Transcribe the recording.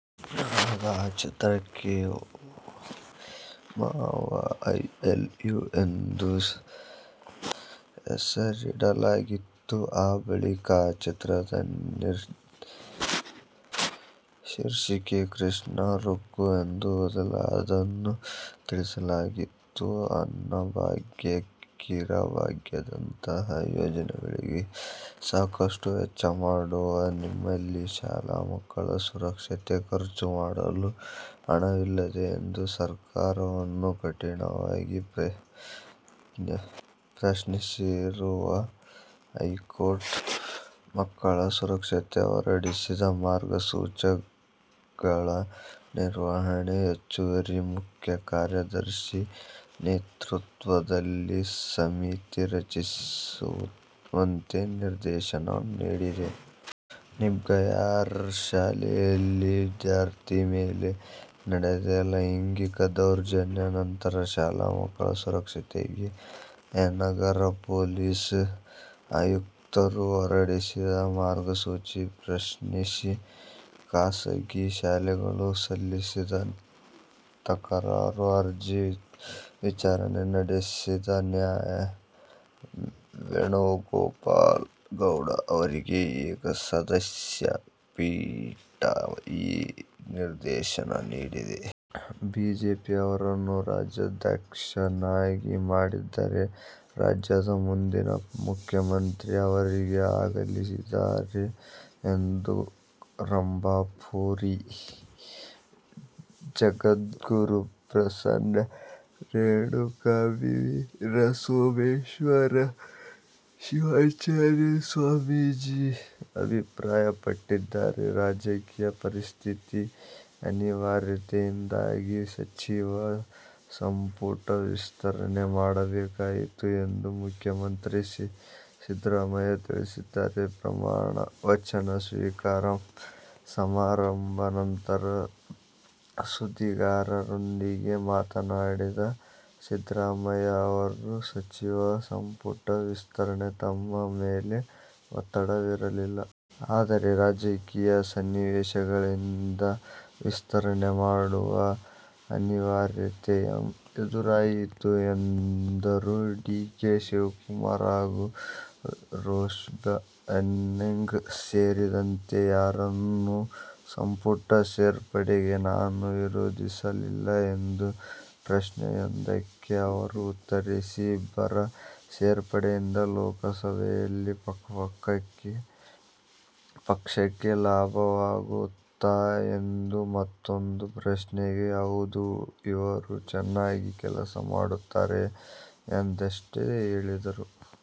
ಆಗ ಆ ಚಿತ್ರಕ್ಕೆ "ಮಾವ ಐ ಲವ್ ಯೂ' ಎಂದು ಹೆಸರಿಡಲಾಗಿತ್ತು. ಆ ಬಳಿಕ ಆ ಚಿತ್ರದ ಶೀರ್ಷಿಕೆ "ಕೃಷ್ಣ ರುಕ್ಕು' ಎಂದು ಬದಲಾಗಿದ್ದನ್ನೂ ತಿಳಿಸಲಾಗಿತ್ತು. ಅನ್ನಭಾಗ್ಯ, ಕ್ಷೀರಭಾಗ್ಯದಂತಹ ಯೋಜನೆಗಳಿಗೆ ಸಾಕಷ್ಟು ವೆಚ್ಚ ಮಾಡುವ ನಿಮ್ಮಲ್ಲಿ ಶಾಲಾ ಮಕ್ಕಳ ಸುರಕ್ಷತೆಗೆ ಖರ್ಚು ಮಾಡಲು ಹಣವಿಲ್ಲವೇ ಎಂದು ಸರ್ಕಾರವನ್ನು ಕಠಿಣವಾಗಿ ಪ್ರಶ್ನಿಸಿರುವ ಹೈಕೋರ್ಟ್, ಮಕ್ಕಳ ಸುರಕ್ಷತೆಗೆ ಹೊರಡಿಸಿದ ಮಾರ್ಗಸೂಚಿಗಳ ನಿರ್ವಹಣೆಗೆ ಹೆಚ್ಚುವರಿ ಮುಖ್ಯ ಕಾರ್ಯದರ್ಶಿ ನೇತೃತ್ವದಲ್ಲಿ ಸಮಿತಿ ರಚಿಸುವಂತೆ ನಿರ್ದೇಶನ ನೀಡಿದೆ. ವಿಬ್ಗಯಾರ್ ಶಾಲೆಯಲ್ಲಿ ವಿದ್ಯಾರ್ಥಿನಿ ಮೇಲೆ ನಡೆದ ಲೈಂಗಿಕ ದೌರ್ಜನ್ಯ ನಂತರ ಶಾಲಾ ಮಕ್ಕಳ ಸುರಕ್ಷತೆಗೆ ನಗರ ಪೊಲೀಸ್ ಆಯುಕ್ತರು ಹೊರಡಿಸಿದ ಮಾರ್ಗಸೂಚಿ ಪ್ರಶ್ನಿಸಿ ಖಾಸಗಿ ಶಾಲೆಗಳು ಸಲ್ಲಿಸಿದ್ದ ತಕರಾರು ಅರ್ಜಿ ವಿಚಾರಣೆ ನಡೆಸಿದ ನ್ಯಾ. ವೇಣುಗೋಪಾಲ ಗೌಡ ಅವರಿದ್ದ ಏಕ ಸದಸ್ಯ ಪೀಠ ಈ ನಿರ್ದೇಶನ ನೀಡಿದೆ. ' ಬಿಜೆಪಿ ಅವರನ್ನು ರಾಜ್ಯಾಧ್ಯಕ್ಷರನ್ನಾಗಿ ಮಾಡಿದರೆ ರಾಜ್ಯದ ಮುಂದಿನ ಮುಖ್ಯಮಂತ್ರಿ ಅವರೇ ಆಗಲಿದ್ದಾರೆ ಎಂದು ರಂಭಾಪುರಿ ಜಗದ್ಗುರು ಪ್ರಸನ್ನ ರೇಣುಕವೀರಸೋಮೇಶ್ವರ ಶಿವಾಚಾರ್ಯ ಸ್ವಾಮೀಜಿ ಅಭಿಪ್ರಾಯಪಟ್ಟಿದ್ದಾರೆ. ರಾಜಕೀಯ ಪರಿಸ್ಥಿತಿಯ ಅನಿವಾರ್ಯತೆಯಿಂದಾಗಿ ಸಚಿವ ಸಂಪುಟ ವಿಸ್ತರಣೆ ಮಾಡಬೇಕಾಯಿತು ಎಂದು ಮುಖ್ಯಮಂತ್ರಿ ಸಿದ್ದರಾಮಯ್ಯ ತಿಳಿಸಿದ್ದಾರೆ. ಪ್ರಮಾಣ ವಚನ ಸ್ವೀಕಾರ ಸಮಾರಂಭದ ನಂತರ ಸುದ್ದಿಗಾರರೊಂದಿಗೆ ಮಾತನಾಡಿದ ಸಿದ್ದರಾಮಯ್ಯ ಅವರು ಸಚಿವ ಸಂಪುಟ ವಿಸ್ತರಣೆಗೆ ತಮ್ಮ ಮೇಲೆ ಒತ್ತಡವಿರಲಿಲ್ಲ. ಆದರೆ, ರಾಜಕೀಯ ಸನ್ನಿವೇಶಗಳಿಂದಾಗಿ ವಿಸ್ತರಣೆ ಮಾಡುವ ಅನಿವಾರ್ಯತೆ ಎದುರಾಯಿತು ಎಂದರು. ಡಿ. ಕೆ. ಶಿವಕುಮಾರ್ ಹಾಗೂ ರೋಷನ್ಬೇಗ್ ಸೇರಿದಂತೆ ಯಾರನ್ನು ಸಂಪುಟ ಸೇರ್ಪಡೆಗೆ ನಾನು ವಿರೋಧಿಸಿರಲಿಲ್ಲ ಎಂದು ಪ್ರಶ್ನೆಯೊಂದಕ್ಕೆ ಅವರು ಉತ್ತರಿಸಿದರು. ಇಬ್ಬರ ಸೇರ್ಪಡೆಯಿಂದ ಲೋಕಸಭೆಯಲ್ಲಿ ಪಕ್ಷಕ್ಕೆ ಲಾಭವಾಗುತ್ತಾ ಎಂಬ ಮತ್ತೂಂದು ಪ್ರಶ್ನೆಗೆ, ಹೌದು. ಇವರು ಚೆನ್ನಾಗಿ ಕೆಲಸ ಮಾಡುತ್ತಾರೆ ಎಂದಷ್ಟೇ ಹೇಳಿದರು.